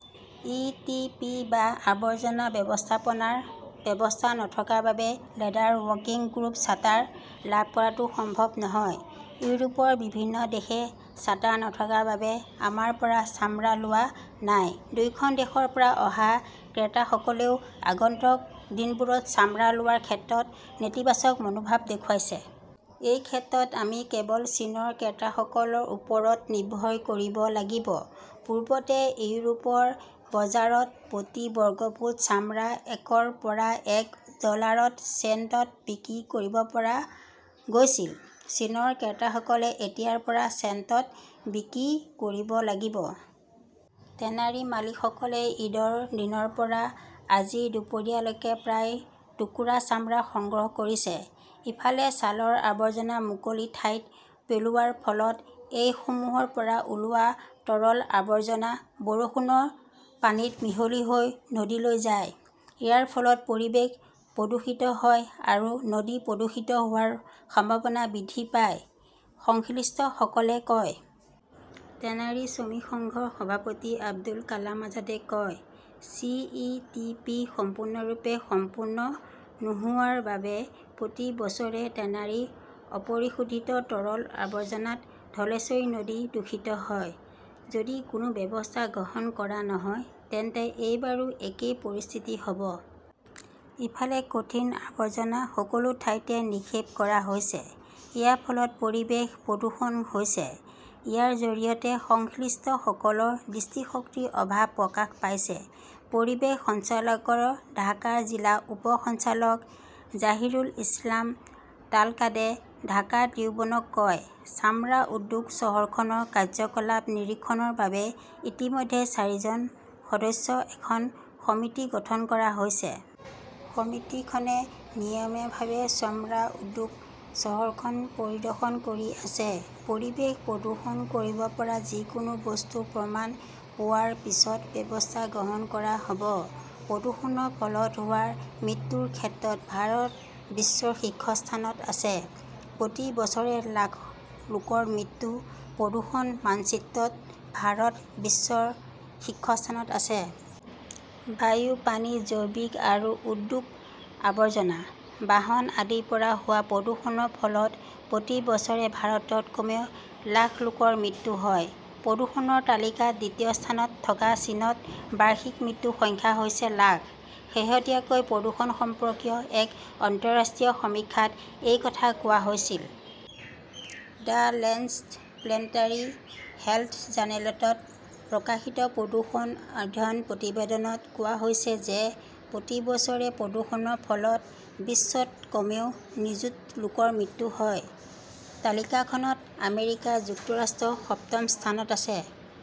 ই. T. P. বা আৱৰ্জনা ব্যৱস্থাপনাৰ ব্যৱস্থা নথকাৰ বাবে লেদাৰ ৱৰ্কিং গ্ৰুপ চাৰ্টাৰ লাভ কৰাটো সম্ভৱ নহয়। ইউৰোপৰ বিভিন্ন দেশে চাৰ্টাৰ নথকাৰ বাবে আমাৰ পৰা চামৰা লোৱা নাই। দুয়োখন দেশৰ পৰা অহা ক্ৰেতাসকলেও আগন্তুক দিনবোৰত চামৰা লোৱাৰ ক্ষেত্ৰত নেতিবাচক মনোভাৱ দেখুৱাইছে। এই ক্ষেত্ৰত আমি কেৱল চীনৰ ক্ৰেতাসকলৰ ওপৰত নিৰ্ভৰ কৰিব লাগিব। পূৰ্বতে ইউৰোপৰ বজাৰত প্ৰতি বৰ্গফুট চামৰা একৰ পৰা এক ডলাৰত ছেইণ্টত বিক্ৰী কৰিব পৰা গৈছিল। চীনৰ ক্ৰেতাসকলে এতিয়া ৰ পৰা ছেণ্টত বিক্ৰী কৰিব লাগিব। টেনাৰী মালিকসকলে ঈদৰ দিনৰ পৰা আজি দুপৰীয়া লৈকে প্ৰায় টুকুৰা চামৰা সংগ্ৰহ কৰিছে। "ইফালে, ছালৰ আৱৰ্জনা মুকলি ঠাইত পেলোৱাৰ ফলত এইসমূহৰ পৰা ওলোৱা তৰল আৱৰ্জনা বৰষুণৰ পানীত মিহলি হৈ নদীলৈ যায়। ইয়াৰ ফলত পৰিৱেশ প্ৰদূষিত হয় আৰু নদী প্ৰদূষিত হোৱাৰ সম্ভাৱনা বৃদ্ধি পায়, সংশ্লিষ্টসকলে কয়। টেনাৰী শ্ৰমিক সংঘৰ সভাপতি আবুল কালাম আজাদে কয়, "চি. ই. টি. পি. সম্পূৰ্ণৰূপে সম্পূৰ্ণ নোহোৱাৰ বাবে প্ৰতি বছৰে টেনাৰীৰ অপৰিশোধিত তৰল আৱৰ্জনাত ধলেশ্বৰী নদী দূষিত হয়। যদি কোনো ব্যৱস্থা গ্ৰহণ কৰা নহয় তেন্তে এইবাৰো একেই পৰিস্থিতি হ "ব। ইফালে, কঠিন আৱৰ্জনা সকলো ঠাইতে নিক্ষেপ কৰা হৈছে। ইয়াৰ ফলত পৰিৱেশ প্ৰদূষণ হৈছে। ইয়াৰ জৰিয়তে সংশ্লিষ্টসকলৰ দৃষ্টিশক্তিৰ অভাৱ প্ৰকাশ পাইছে। পৰিৱেশ সঞ্চালকালয়ৰ ঢাকা জিলাৰ উপ সঞ্চালক জাহিৰুল ইছলাম তালকাৰ্ডে ঢাকা ট্ৰিবিউনক কয়, চামৰা উদ্যোগ চহৰখনৰ কাৰ্যকলাপ নিৰীক্ষণৰ বাবে ইতিমধ্যে চাৰিজন সদস্যৰ এখন সমিতি গঠন কৰা হৈছে। সমিতিখনে নিয়মীয়াভাৱে চামৰা উদ্যোগ চহৰখন পৰিদৰ্শন কৰি আছে। পৰিৱেশ প্ৰদূষণ কৰিব পৰা যিকোনো বস্তুৰ প্ৰমাণ পোৱাৰ পিছত ব্যৱস্থা গ্ৰহণ কৰা হ'ব। প্ৰদূষণৰ ফলত হোৱা মৃত্যুৰ ক্ষেত্ৰত ভাৰত বিশ্বৰ শীৰ্ষস্থানত আছে! প্ৰতি বছৰে লাখ লোকৰ মৃত্যু প্ৰদূষণ-মানচিত্ৰত ভাৰত বিশ্বৰ শীৰ্ষস্থানত আছে। বায়ু, পানী, জৈৱিক আৰু ঔদ্যোগিক আৱৰ্জনা, বাহন আদিৰ পৰা হোৱা প্ৰদূষণৰ ফলত প্ৰতি বছৰে ভাৰতত কমেও লাখ লোকৰ মৃত্যু হয়। প্ৰদূষণৰ তালিকাত দ্বিতীয় স্থানত থকা চীনত বাৰ্ষিক মৃত্যুৰ সংখ্যা হৈছে লাখ। শেহতীয়াকৈ প্ৰদূষণ সম্পৰ্কীয় এক আন্তঃৰাষ্ট্ৰীয় সমীক্ষাত এই কথা কোৱা হৈছিল। দ্য লেঞ্চেট প্লেনেটাৰী হেল্থ জাৰ্নেলত প্ৰকাশিত প্ৰদূষণ অধ্যয়ন প্ৰতিবেদনত কোৱা হৈছে যে প্ৰতি বছৰে প্ৰদূষণৰ ফলত বিশ্বত কমেও নিযুত লোকৰ মৃত্যু হয়। তালিকাখনত আমেৰিকা যুক্তৰাষ্ট্ৰ সপ্তম স্থানত আছে।